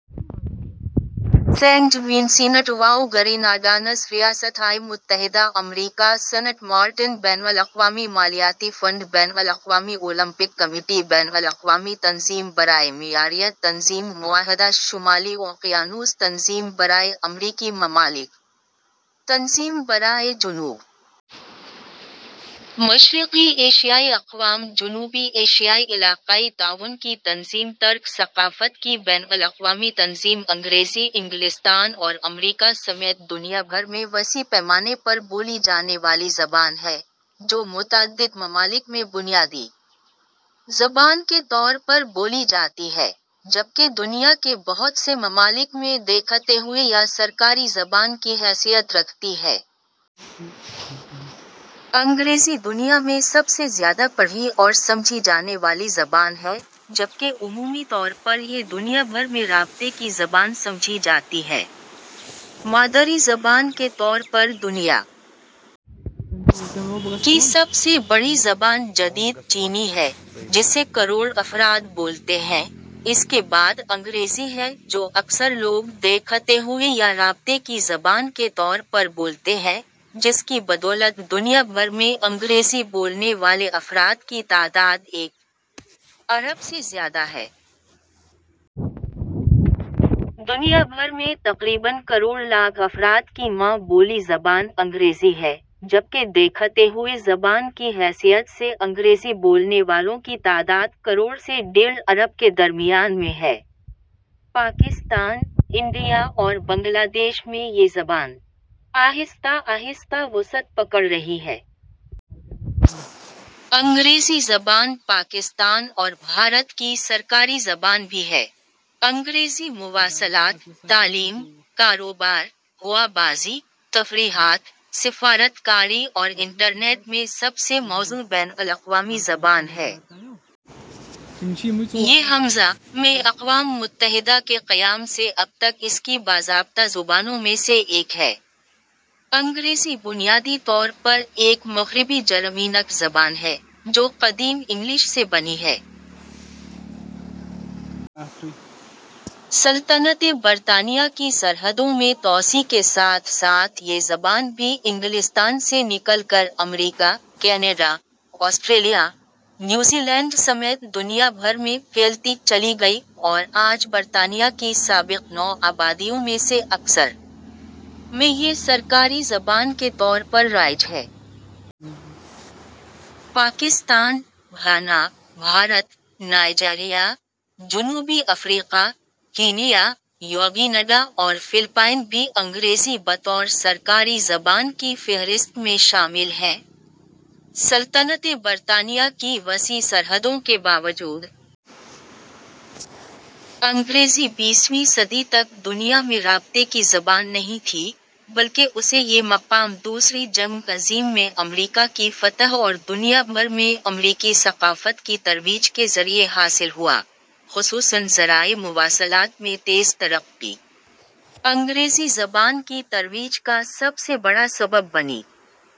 Saint Vincent و Grenadines ریاستہائے متحدہ امریکا سنٹ مارٹن بین الاقوامی مالیاتی فنڈ بین الاقوامی اولمپک کمیٹی بین الاقوامی تنظیم برائے معیاریت تنظیم معاہدہ شمالی اوقیانوس تنظیم برائے امریکی ممالک تنظیم برائے جنوب مشرقی ایشیائی اقوام جنوبی ایشیائی علاقائی تعاون کی تنظیم ترک ثقافت کی بین الاقوامی تنظیم انگریزی انگلستان اور امریکا سمیت دنیا بھر میں وسیع پیمانے پر بولی جانے والی زبان ہے، جو متعدد ممالک میں بنیادی زبان کے طور پر بولی جاتی ہے، جبکہ دنیا کے بہت سے ممالک میں ثانوی یا سرکاری زبان کی حیثیت رکھتی ہے۔ انگریزی دنیا میں سب سے زیادہ پڑھی اور سمجھی جانے والی زبان ہے، جبکہ عمومی طور پر یہ دنیا بھر میں رابطے کی زبان سمجھی جاتی ہے۔ مادری زبان کے طور پر دنیا کی سب سے بڑی زبان جدید چینی ہے، جسے کروڑ افراد بولتے ہیں، اس کے بعد انگریزی ہے جو اکثر لوگ ثانوی یا رابطے کی زبان کے طور پر بولتے ہیں، جس کی بدولت دنیا بھر میں انگریزی بولنے والے افراد کی تعداد ایک ارب سے زیادہ ہے۔ دنیا بھر میں تقریباً کروڑ لاکھ افراد کی ماں بولی زبان انگریزی ہے، جبکہ ثانوی زبان کی حیثیت سے انگریزی بولنے والوں کی تعداد کروڑ سے ڈیڑھ ارب کے درمیان میں ہے۔ پاکستان ، انڈیا اور بنگلہ دیش میں یہ زبان آہستہ آہستہ وسعت پکڑ رہی ہے۔ انگریزی زبان پاکستان اور بھارت کی سرکاری زبان بھی ہے۔ انگریزی مواصلات ، تعلیم ، کاروبار ، ہوا بازی ، تفریحات، سفارت کاری اور انٹرنیٹ میں سب سے موزوں بین الاقوامی زبان ہے۔ یہ ء، میں اقوام متحدہ کے قیام سے اب تک اس کی باضابطہ زبانوں میں سے ایک ہے۔ انگریزی بنیادی طور پر ایک مغربی جرمینک زبان ہے، جو قدیم انگلش سے بنی ہے۔ سلطنتِ برطانیہ کی سرحدوں میں توسیع کے ساتھ ساتھ یہ زبان بھی انگلستان سے نکل کر امریکا ، کینیڈا ، آسٹریلیا ، نیوزی لینڈ سمیت دنیا بھر میں پھیلتی چلی گئی اور آج برطانیہ کی سابق نو آبادیوں میں سے اکثر میں یہ سرکاری زبان کے طور پر رائج ہے۔ پاکستان ، گھانا ، بھارت ، نائجیریا ، جنوبی افریقا ، کینیا ، یوگینڈا اور فلپائن بھی انگریزی بطور سرکاری زبان کی فہرست میں شامل ہیں۔ سلطنتِ برطانیہ کی وسیع سرحدوں کے باوجود انگریزی بیسویں صدی تک دنیا میں رابطے کی زبان نہیں تھی، بلکہ اسے یہ مقام دوسری جنگ عظیم میں امریکا کی فتح اور دنیا بھر میں امریکی ثقافت کی ترویج کے ذریعے حاصل ہوا، خصوصاً ذرائع مواصلات میں تیز ترقی انگریزی زبان کی ترویج کا سب سے بڑا سبب بنی۔